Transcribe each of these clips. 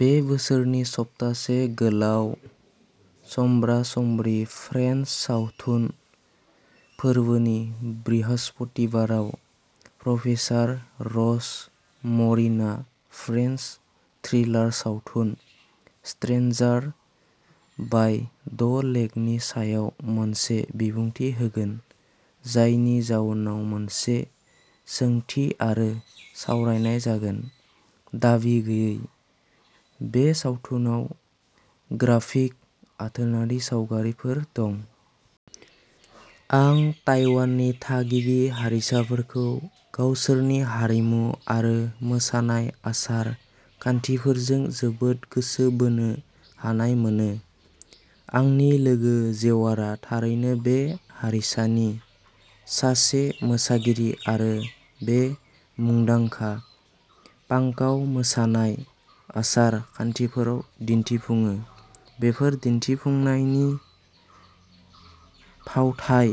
बे बोसोरनि सप्तासे गोलाव समब्रा-समब्रि फ्रेन्स सावथुन फोरबोनि बृहस्पतिबाराव, प्रफेसार रस मरिनआ फ्रेन्स थ्रिलार सावथुन, स्ट्रेन्जार बाय द लेकनि सायाव मोनसे बिबुंथि होगोन, जायनि उनाव मोनसे सोंथि आरो सावरायनाय जागोन। दाबि गैयैः बे सावथुनाव ग्राफिक आथोनारि सावगारिफोर दं। आं ताइवाननि थागिबि हारिसाफोरखौ गावसोरनि हारिमु आरो मोसानाय आसार-खान्थिफोरजों जोबोद गोसो बोनो हानाय मोनो। आंनि लोगो जेवारआ थारैनो बे हारिसानि सासे मोसागिरि आरो बे मुंदांखा पांकाउ मोसानाय आसार-खान्थिफोराव दिन्थिफुङो। बेफोर दिन्थिफुंनायनि फावथाइ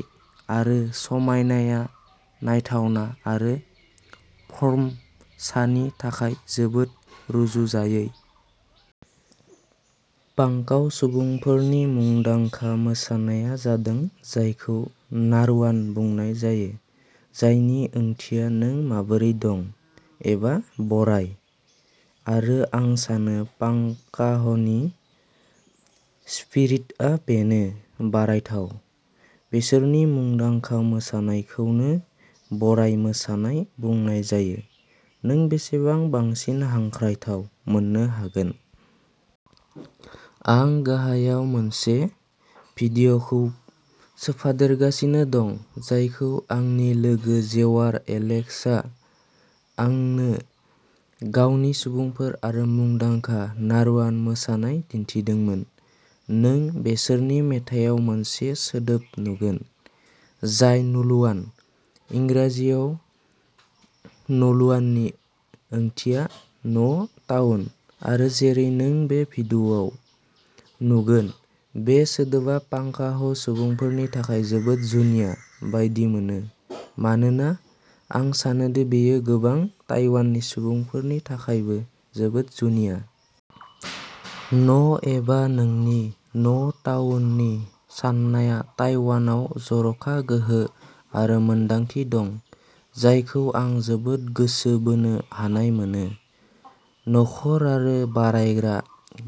आरो समायनाया नायथावना आरो फर्म'सानि थाखाय जोबोद रुजुजायै। पांकाउ सुबुंफोरनि मुंदांखा मोसानाया जादों जायखौ "नारुवान" बुंनाय जायो जायनि ओंथिया "नों माबोरै दं? " एबा "बराय"। आरो आं सानो पांकाहनि स्पिरिटआ बेनो, बरायथाव। बिसोरनि मुंदांखा मोसानायखौनो "बराय मोसानाय" बुंनाय जायो। नों बेसेबां बांसिन हांख्रायथाव मोन्नो हागोन? आं गाहायाव मोनसे भिडिअ'खौ सोफादेरगासिनो दं जायखौ आंनि लोगो जेवार एलेक्सआ आंनो गावनि सुबुंफोर आरो मुंदांखा "नारुवान मोसानाय" दिन्थिदोंमोन। नों बिसोरनि मेथाइयाव मोनसे सोदोब नुगोन जाय "नलुवान"। इंराजियाव नलुवाननि ओंथिया "न'टाउन" आरो जेरै नों बे भिडिअ'आव नुगोन बे सोदोबा पांकाह सुबुंफोरनि थाखाय जोबोद जुनिया बायदि मोनो मानोना आं सानोदि बेयो गोबां ताइवानी सुबुंफोरनि थाखायबो जोबोद जुनिया। "न'" एबा नोंनि "न'टाउन" नि साननाया ताइवानआव जर'खा गोहो आरो मोनदांथि दं जायखौ आं जोबोद गोसो बोनो हानाय मोनो। नखर आरो "बरायग्रा"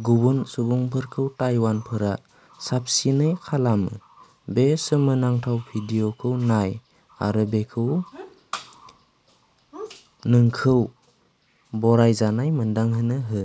गुबुन सुबुंफोरखौ ताइवानफोरा साबसिनै खालामो। बे सोमोनांथाव भिडिअ'खौ नाय आरो बेखौ नोंखौ "बरायजानाय" मोनदांहोनो हो।